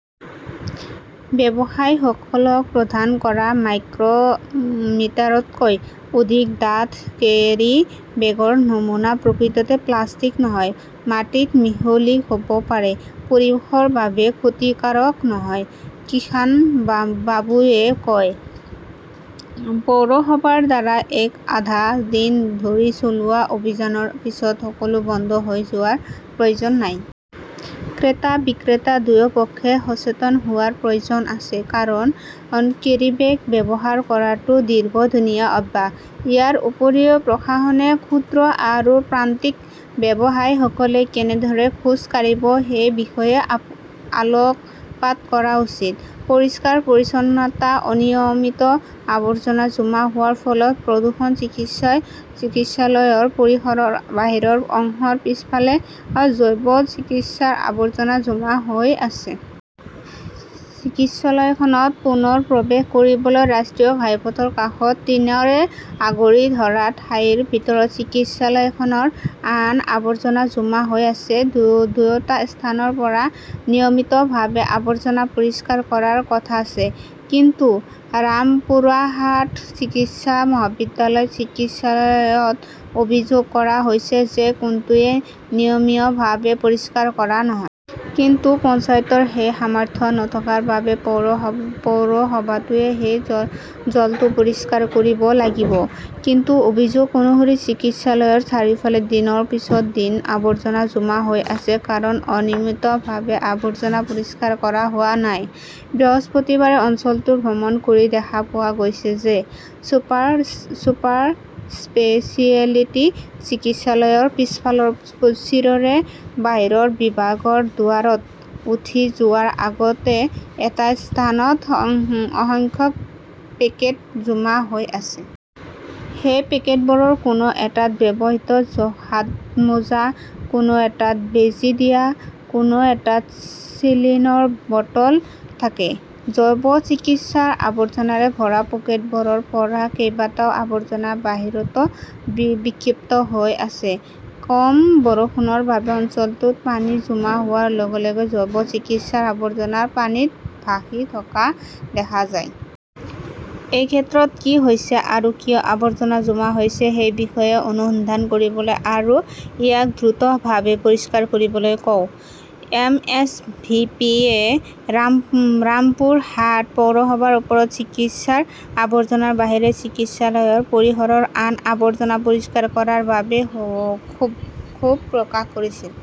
ব্যৱসায়ীসকলক প্ৰদান কৰা মাইক্ৰ মিটাৰতকৈ অধিক ডাঠ কেৰীবেগৰ নমুনা প্ৰকৃততে প্লাষ্টিক নহয়। মাটিত মিহলি হব পাৰে। পৰিৱেশৰ বাবে ক্ষতিকাৰক নহয়। কিষাণবাবুৱে কয়, পৌৰসভাৰ দ্বাৰা এক-আধা দিন ধৰি চলোৱা অভিযানৰ পিছত সকলো বন্ধ হৈ যোৱাৰ প্ৰয়োজন নাই। ক্ৰেতা-বিক্ৰেতা দুয়ো পক্ষে সচেতন হোৱাৰ প্ৰয়োজন আছে। কাৰণ, কেৰীবেগ ব্যৱহাৰ কৰাটো দীৰ্ঘদিনীয়া অব্যাস। ইয়াৰ উপৰিও, প্ৰশাসনে ক্ষুদ্ৰ আৰু প্ৰান্তিক ব্যৱহায়সকলে কেনেদৰে খোজ কাঢ়িব সেই বিষয়েও আলোকপাত কৰা উচিত। পৰিষ্কাৰ-পৰিচ্ছন্নতা অনিয়মিত, আৱৰ্জনা জমা হোৱাৰ ফলত প্ৰদূষণ চিকিৎসালয়ৰ পৰিসৰৰ বাহিৰৰ অংশৰ পিছফালে জৈৱ চিকিৎসাৰ আৱৰ্জনা জমা হৈ আছে। চিকিৎসালয়খনত পুনৰ প্ৰৱেশ কৰিবলৈ ৰাষ্ট্ৰীয় ঘাইপথৰ কাষত টিনৰে আগুৰি ধৰা ঠাইৰ ভিতৰত চিকিৎসালয়খনৰ আন আৱৰ্জনা জমা হৈ আছে। দুয়োটা স্থানৰ পৰা নিয়মিতভাৱে আৱৰ্জনা পৰিষ্কাৰ কৰাৰ কথা আছে। কিন্তু ৰামপুৰাহাট চিকিৎসা মহাবিদ্যালয় চিকিৎসালয়ত অভিযোগ কৰা হৈছে যে কোনটোৱেই নিয়মীয়াভাৱে পৰিষ্কাৰ কৰা নহয়। কিন্তু পঞ্চায়তৰ সেই সামৰ্থ্য নথকাৰ বাবে পৌৰসভাটোৱে সেই জলটো পৰিষ্কাৰ কৰিব লাগিব। কিন্তু অভিযোগ অনুসৰি চিকিৎসালয়ৰ চাৰিওফালে দিনৰ পিছত দিন আৱৰ্জনা জমা হৈ আছে কাৰণ অনিয়মিতভাৱে আৱৰ্জনা পৰিষ্কাৰ কৰা হোৱা নাই। বৃহস্পতিবাৰে অঞ্চলটো ভ্ৰমণ কৰি দেখা পোৱা গৈছিল যে ছুপাৰ স্পেচিয়েলিটি চিকিৎসালয়ৰ পিছফালৰ চিৰৰে বাহিৰৰ বিভাগৰ দুৱাৰত উঠি যোৱাৰ আগতে এটা স্থানত অসংখ্য পেকেট জমা হৈ আছে। সেই পেকেটবোৰৰ কোনো এটাত ব্যৱহৃত হাতমোজা, কোনো এটাত বেজী দিয়া, কোনো এটাত চিলিনৰ বটল থাকে। জৈৱ চিকিৎসাৰ আৱৰ্জনাৰে ভৰা পকেটবোৰৰ পৰা কেইবাটাও আৱৰ্জনা বাহিৰতো বিক্ষিপ্ত হৈ আছে। কম বৰষুণৰ বাবে অঞ্চলটোত পানী জমা হোৱাৰ লগে-লগে জৈৱ চিকিৎসাৰ আৱৰ্জনা পানীত ভাহি থকা দেখা যায়। এই ক্ষেত্ৰত কি হৈছে, আৰু কিয় আৱৰ্জনা জমা হৈছে সেই বিষয়ে অনুসন্ধান কৰিবলৈ আৰু ইয়াক দ্ৰুতভাৱে পৰিষ্কাৰ কৰিবলৈ কওঁ। এম. এছ. ভি. পি. -য়ে ৰামপুৰহাট পৌৰসভাৰ ওপৰত চিকিৎসাৰ আৱৰ্জনাৰ বাহিৰে চিকিৎসালয়ৰ পৰিসৰৰ আন আৱৰ্জনা পৰিষ্কাৰ কৰাৰ বাবে ক্ষোভ প্ৰকাশ কৰিছিল।